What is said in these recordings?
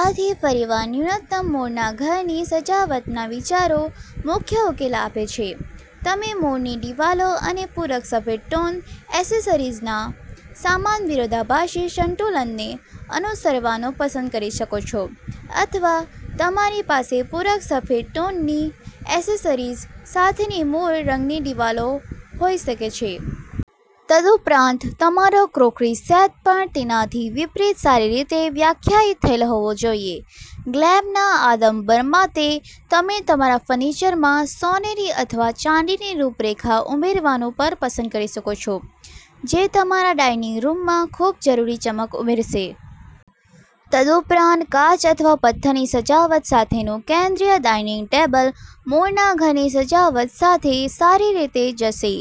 આથી, ફરીવાર, ન્યૂનતમ મોરના ઘરની સજાવટના વિચારો મુખ્ય ઉકેલ આપે છે. તમે મોરની દિવાલો અને પૂરક સફેદ ટોન એસેસરીઝના સમાન વિરોધાભાસી સંતુલનને અનુસરવાનું પસંદ કરી શકો છો અથવા તમારી પાસે પૂરક સફેદ ટોનની એસેસરીઝ સાથેની મોર રંગની દિવાલો હોઈ શકે છે. તદુપરાંત, તમારો ક્રોકરી સેટ પણ તેનાથી વિપરીત સારી રીતે વ્યાખ્યાયિત થયેલ હોવો જોઈએ. ગ્લેમના આડંબર માટે, તમે તમારા ફર્નિચરમાં સોનેરી અથવા ચાંદીની રૂપરેખા ઉમેરવાનું પણ પસંદ કરી શકો છો જે તમારા ડાઇનિંગ રૂમમાં ખૂબજરૂરી ચમક ઉમેરશે. તદુપરાંત, કાચ અથવા પથ્થરની સજાવટ સાથેનું કેન્દ્રિય ડાઇનિંગ ટેબલ મોરના ઘરની સજાવટ સાથે સારી રીતે જશે,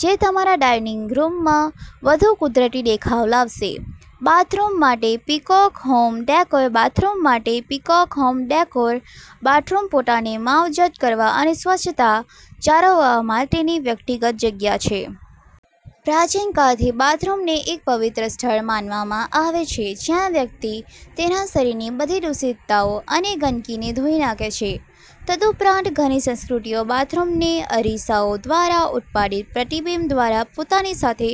જે તમારા ડાઇનિંગ રૂમમાં વધુ કુદરતી દેખાવ લાવશે. બાથરૂમ માટે પીકોક હોમ ડેકોર બાથરૂમ માટે પીકોક હોમ ડેકોર બાથરૂમ પોતાને માવજત કરવા અને સ્વચ્છતા જાળવવા માટેની વ્યક્તિગત જગ્યા છે. પ્રાચીન કાળથી, બાથરૂમને એક પવિત્ર સ્થળ માનવામાં આવે છે જ્યાં વ્યક્તિ તેના શરીરની બધી દૂષિતતા અને ગંદકીને ધોઈ નાખે છે. તદુપરાંત, ઘણી સંસ્કૃતિઓ બાથરૂમને અરીસાઓ દ્વારા ઉત્પાદિત પ્રતિબિંબ દ્વારા પોતાની સાથે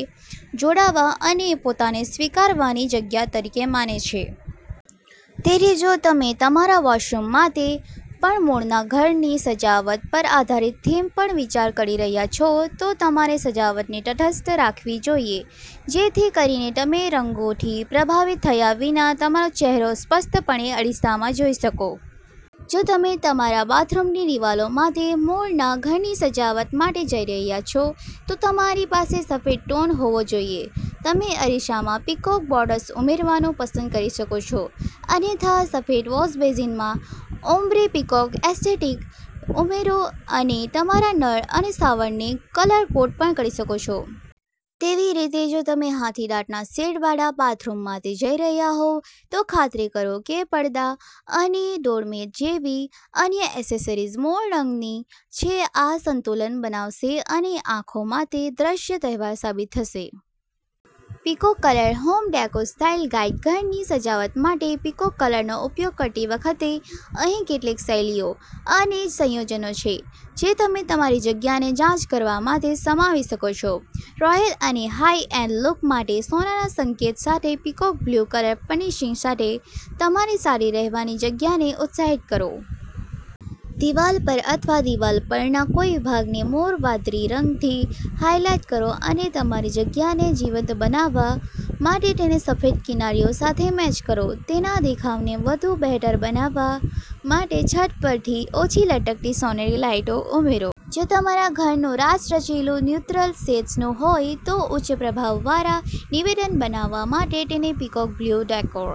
જોડાવા અને પોતાને સ્વીકારવાની જગ્યા તરીકે માને છે. તેથી, જો તમે તમારા વૉશરૂમ માટે પણ મોરનાં ઘરની સજાવટ પર આધારિત થીમ પર વિચાર કરી રહ્યાં છો, તો તમારે સજાવટને તટસ્થ રાખવી જોઈએ જેથી કરીને તમે રંગોથી પ્રભાવિત થયા વિના તમારો ચહેરો સ્પષ્ટપણે અરીસામાં જોઈ શકો. જો તમે તમારા બાથરૂમની દિવાલો માટે મોરનાં ઘરની સજાવટ માટે જઈ રહ્યાં છો, તો તમારી પાસે સફેદ ટોન હોવો જોઈએ. તમે અરીસામાં પીકોક બોર્ડર્સ ઉમેરવાનું પસંદ કરી શકો છો, અન્યથા સફેદ વૉશબેસિનમાં ઓમ્બ્રે પીકોક એસ્થેટિક ઉમેરો અને તમારા નળ અને શાવરને કલર-કોડ પણ કરી શકો છો. તેવીરીતે, જો તમે હાથીદાંતના શેડવાળા બાથરૂમ માટે જઈ રહ્યાં હોવ, તો ખાતરી કરો કે પડદા અને ડોરમેટ જેવી અન્ય એસેસરીઝ મોર રંગની છે. આ સંતુલન બનાવશે અને આંખો માટે દ્રશ્ય તહેવાર સાબિત થશે. Peacock colour home decor style guide ઘરની સજાવટ માટે પીકોક કલરનો ઉપયોગ કરતી વખતે, અહીં કેટલીક શૈલીઓ અને સંયોજનો છે જે તમે તમારી જગ્યાને જાઝ કરવા માટે સમાવી શકો છો. રોયલ અને હાઇ-એન્ડ લુક માટે સોનાના સંકેત સાથે પીકોક બ્લુ કલર ફર્નિશિંગ સાથે તમારી સાદી રહેવાની જગ્યાને ઉત્સાહિત કરો. દિવાલ પર અથવા દિવાલ પરના કોઈ વિભાગને મોર વાદળી રંગથી હાઇલાઇટ કરો અને તમારી જગ્યાને જીવંત બનાવવા માટે તેને સફેદ કિનારીઓ સાથે મેચ કરો. તેના દેખાવને વધુ બહેતર બનાવવા માટે છત પરથી ઓછી લટકતી સોનેરી લાઇટો ઉમેરો. જો તમારા ઘરનું રાચરચીલું ન્યુટ્રલ શેડ્સનું હોય, તો ઉચ્ચ પ્રભાવવાળા નિવેદન બનાવવા માટે તેને પીકોક બ્લુ ડેકોર